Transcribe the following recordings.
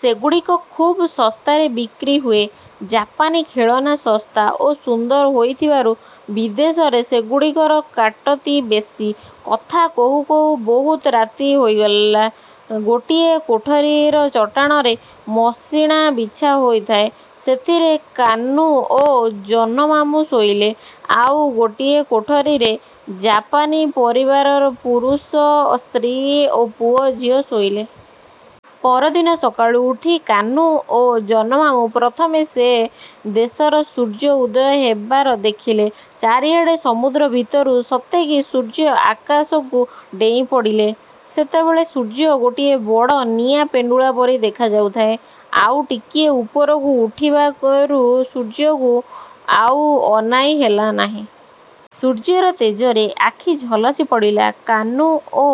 ସେଗୁଡ଼ିକ ଖୁବ୍ ଶସ୍ତାରେ ବିକ୍ରି ହୁଏ। ଜାପାନୀ ଖେଳନା ଶସ୍ତା ଓ ସୁନ୍ଦର ହୋଇଥିବାରୁ ବିଦେଶରେ ସେଗୁଡ଼ିକର କାଟତି ବେଶି। କଥା କହୁ କହୁ ବହୁତ ରାତି ହେଇଗଲା। ଗୋଟିଏ କୋଠରିର ଚଟାଣରେ ମସିଣା ବିଛା ହୋଇଥାଏ। ସେଥିରେ କାହ୍ନୁ ଓ ଜହ୍ନମାମୁଁ ଶୋଇଲେ। ଆଉ ଗୋଟିଏ କୋଠରିରେ ଜାପାନୀ ପରିବାରର ପୁରୁଷ, ସ୍ତ୍ରୀ ଓ ପୁଅଝିଅ ଶୋଇଲେ। ପରଦିନ ସକାଳୁ ଉଠି କାହ୍ନୁ ଓ ଜହ୍ନମାମୁଁ ପ୍ରଥମେ ସେ ଦେଶର ସୂର୍ଯ୍ୟ ଉଦୟ ହେବାର ଦେଖିଲେ। ଚାରିଆଡ଼େ ସମୁଦ୍ର ଭିତରୁ ସତେକି ସୂର୍ଯ୍ୟ ଆକାଶକୁ ଡେଇଁ ପଡ଼ିଲେ! ସେତେବେଳେ ସୂର୍ଯ୍ୟଗୋଟିଏ ବଡ଼ ନିଆଁ ପେଣ୍ଡୁଳା ପରି ଦେଖାଯାଉଥାଏ। ଆଉ ଟିକିଏ ଉପରକୁ ଉଠିବାରୁ ସୂର୍ଯ୍ୟକୁ ଆଉ ଅନାଇ ହେଲା ନାହିଁ। ସୂର୍ଯ୍ୟର ତେଜରେ ଆଖି ଝଲସି ପଡ଼ିଲା। କାହ୍ନୁ ଓ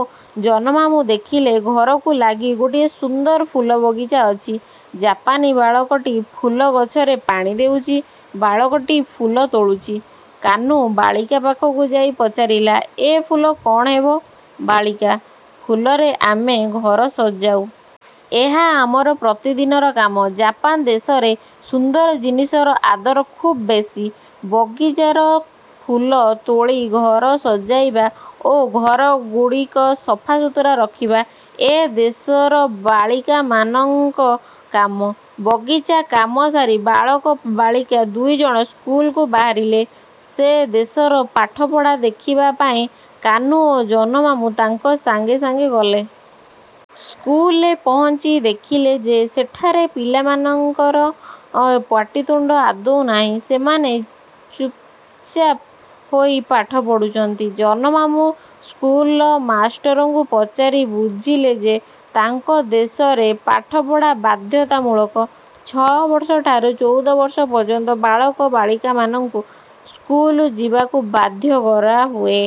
ଜହ୍ନମାମୁଁ ଦେଖିଲେ ଘରକୁ ଲାଗି ଗୋଟିଏ ସୁନ୍ଦର ଫୁଲବଗିଚା ଅଛି। ଜାପାନୀ ବାଳକଟି ଫୁଲଗଛରେ ପାଣି ଦେଉଛି, ବାଳକଟି ଫୁଲ ତୋଳୁଛି। କାହ୍ନୁ ବାଳିକା ପାଖକୁ ଯାଇ ପଚାରିଲା-ଏ ଫୁଲ କ'ଣ ହେବ? ବାଳିକା-ଫୁଲରେ ଆମେ ଘର ସଜାଉ। ଏହା ଆମର ପ୍ରତିଦିନର କାମ। ଜାପାନ ଦେଶରେ ସୁନ୍ଦର ଜିନିଷର ଆଦର ଖୁବ୍ ବେଶି। ବଗିଚାର ଫୁଲ ତୋଳି ଘର ସଜାଇବା ଓ ଘରଗୁଡ଼ିକ ସଫାସୁତୁରା ରଖିବା ଏ ଦେଶର ବାଳିକାମାନଙ୍କ କାମ। ବଗିଚା କାମ ସାରି ବାଳକ ବାଳିକା ଦୁଇଜଣ ସ୍କୁଲକୁ ବାହାରିଲେ। ସେ ଦେଶର ପାଠପଢ଼ା ଦେଖିବା ପାଇଁ କାହ୍ନୁ ଓ ଜହ୍ନମାମୁଁ ତାଙ୍କ ସାଙ୍ଗେ ସାଙ୍ଗେ ଗଲେ। ସ୍କୁଲରେ ପହଞ୍ଚି ଦେଖିଲେ ଯେ ସେଠାରେ ପିଲାମାନଙ୍କର ପାଟିତୁଣ୍ଡ ଆଦୌ ନାହିଁ। ସେମାନେ ଚୁପ୍ଚାପ୍ ହୋଇ ପାଠ ପଢ଼ୁଛନ୍ତି। ଜହ୍ନମାମୁଁ ସ୍କୁଲର ମାଷ୍ଟରଙ୍କୁ ପଚାରି ବୁଝିଲେ ଯେ, ତାଙ୍କ ଦେଶରେ ପାଠପଢ଼ା ବାଧ୍ୟତାମୂଳକ। ଛ'ବର୍ଷଠାରୁ ଚଉଦ ବର୍ଷ ପର୍ଯ୍ୟନ୍ତ ବାଳକ ବାଲିକାମାନଙ୍କୁ ସ୍କୁଲ ଯିବାକୁ ବାଧ୍ୟ କରାହୁଏ।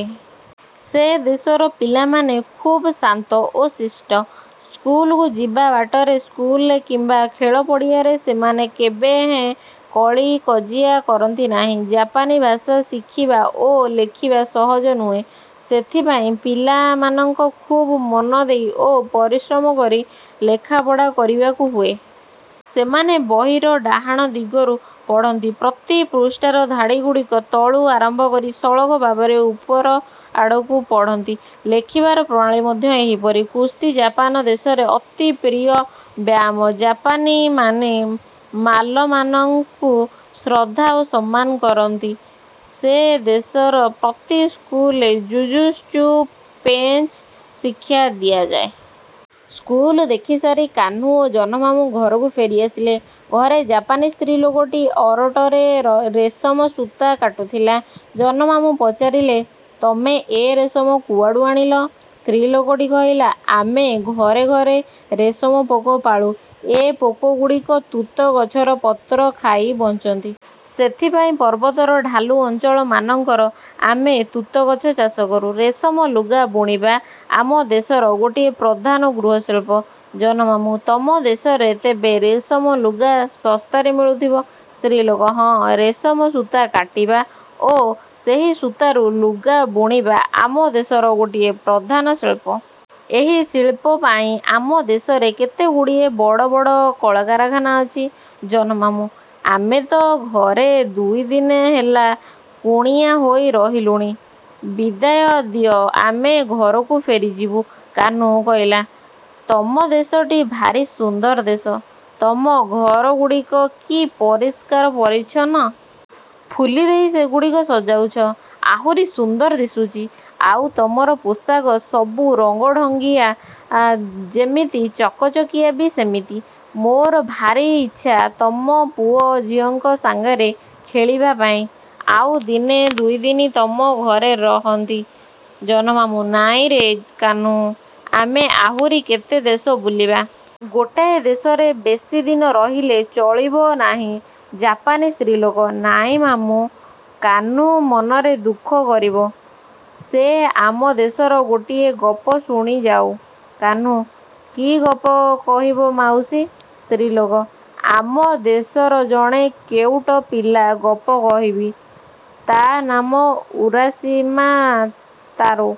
ସେ ଦେଶର ପିଲାମାନେ ଖୁବ୍ ଶାନ୍ତ ଓ ଶିଷ୍ଟ। ସ୍କୁଲକୁ ଯିବା ବାଟରେ, ସ୍କୁଲରେ କିମ୍ବା ଖେଳପଡ଼ିଆରେ ସେମାନେ କେବେହେଁ କଳିକଜିଆ କରନ୍ତି ନାହିଁ। ଜାପାନୀ ଭାଷା ଶିଖିବା ଓ ଲେଖିବା ସହଜ ନୁହେଁ। ସେଥିପାଇଁ ପିଲାମାନଙ୍କ ଖୁବ୍ ମନଦେଇ ଓ ପରିଶ୍ରମ କରି ଲେଖାପଢ଼ା କରିବାକୁ ହୁଏ। ସେମାନେ ବହିର ଡାହାଣ ଦିଗରୁ ପଢ଼ନ୍ତି। ପ୍ରତି ପୃଷ୍ଠାର ଧାଡ଼ିଗୁଡ଼ିକ ତଳୁ ଆରମ୍ଭ କରି ସଳଖ ଭାବରେ ଉପର ଆଡ଼କୁ ପଢ଼ନ୍ତି। ଲେଖିବାର ପ୍ରଣାଳୀ ମଧ୍ୟ ଏହିପରି। କୁସ୍ତି ଜାପାନ ଦେଶର ଅତି ପ୍ରିୟ ବ୍ୟାୟାମ। ଜାପାନୀମାନେ ମାଲମାନଙ୍କୁ ଶ୍ରଦ୍ଧା ଓ ସମ୍ମାନ କରନ୍ତି। ସେ ଦେଶର ପ୍ରତି ସ୍କୁଲରେ ଯୁଯୁତ୍ସୁ ପେଞ୍ଚ ଶିକ୍ଷା ଦିଆଯାଏ। ସ୍କୁଲ ଦେଖିସାରି କାହ୍ନୁ ଓ ଜହ୍ନମାମୁଁ ଘରକୁ ଫେରି ଆସିଲେ। ଘରେ ଜାପାନୀ ସ୍ତ୍ରୀଲୋକଟି ଅରଟରେ ରେଶମ ସୂତା କାଟୁଥିଲା। ଜହ୍ନମାମୁଁ ପଚାରିଲେ-ତମେ ଏ ରେଶମ କୁଆଡ଼ୁ ଆଣିଲ? ସ୍ତ୍ରୀଲୋକଟି କହିଲା-ଆମେ ଘରେ ଘରେ ରେଶମ ପୋକ ପାଳୁ। ଏ ପୋକଗୁଡ଼ିକ ତୁତଗଛର ପତ୍ର ଖାଇ ବଞ୍ଚନ୍ତି। ସେଥିପାଇଁ ପର୍ବତର ଢାଲୁ ଅଞ୍ଚଳମାନଙ୍କର ଆମେ ତୁତଗଛ ଚାଷ କରୁ। ରେଶମ ଲୁଗା ବୁଣିବା ଆମ ଦେଶର ଗୋଟିଏ ପ୍ରଧାନ ଗୃହଶିଳ୍ପ। ଜହ୍ନମାମୁଁ-ତମ ଦେଶରେ ତେବେ ରେଶମ ଲୁଗା ଶସ୍ତାରେ ମିଳୁଥିବ? ସ୍ତ୍ରୀଲୋକ-ହଁ, ରେଶମ ସୂତା କାଟିବା ଓ ସେହି ସୂତାରୁ ଲୁଗା ବୁଣିବା ଆମ ଦେଶର ଗୋଟିଏ ପ୍ରଧାନ ଶିଳ୍ପ। ଏହି ଶିଳ୍ପ ପାଇଁ ଆମ ଦେଶରେ କେତେଗୁଡ଼ିଏ ବଡ଼ ବଡ଼ କଳକାରଖାନା ଅଛି। ଜହ୍ନମାମୁଁ-ଆମେ ତମ ଘରେ ଦୁଇଦିନେ ହେଲା କୁଣିଆ ହୋଇ ରହିଲୁଣି। ବିଦାୟ ଦିଅ, ଆମେ ଘରକୁ ଫେରିଯିବୁ। କାହ୍ନୁ କହିଲା-ତମ ଦେଶଟି ଭାରି ସୁନ୍ଦର ଦେଶ। ତମ ଘରଗୁଡ଼ିକ କି ପରିଷ୍କାର ପରିଚ୍ଛନ୍ନ! ଫୁଲିଦେଇ ସେଗୁଡ଼ିକ ସଜାଇଛ-ଆହୁରି ସୁନ୍ଦର ଦିଶୁଛି। ଆଉ ତମର ପୋଷାକ ସବୁ ରଙ୍ଗଢଙ୍ଗିଆ ଯେମିତି, ଚକଚକିଆ ବି ସେମିତି। ମୋର ଭାରି ଇଚ୍ଛା, ତମ ପୁଅ ଝିଅଙ୍କ ସାଙ୍ଗରେ ଖେଳିବା ପାଇଁ ଆଉ ଦିନେ ଦୁଇଦିନ ତମ ଘରେ ରହନ୍ତି। ଜହ୍ନମାମୁଁ-ନାହିଁରେ କାହ୍ନୁ! ଆମେ ଆହୁରି କେତେ ଦେଶ ବୁଲିବା। ଗୋଟାଏ ଦେଶରେ ବେଶୀ ଦିନ ରହିଲେ ଚଳିବ ନାହିଁ। ଜାପାନୀ ସ୍ତ୍ରୀଲୋକ-ନାହିଁ ମାମୁଁ! କାହ୍ନୁ ମନରେ ଦୁଃଖ କରିବ। ସେ ଆମ ଦେଶର ଗୋଟିଏ ଗପ ଶୁଣିଯାଉ। କାହ୍ନୁ-କି ଗପ କହିବ ମାଉସୀ? ସ୍ତ୍ରୀଲୋକ-ଆମ ଦେଶର ଜଣେ କେଉଟ ପିଲା ଗପ କହିବି। ତା' ନାମ ଉରାଶିମା ତାରୋ।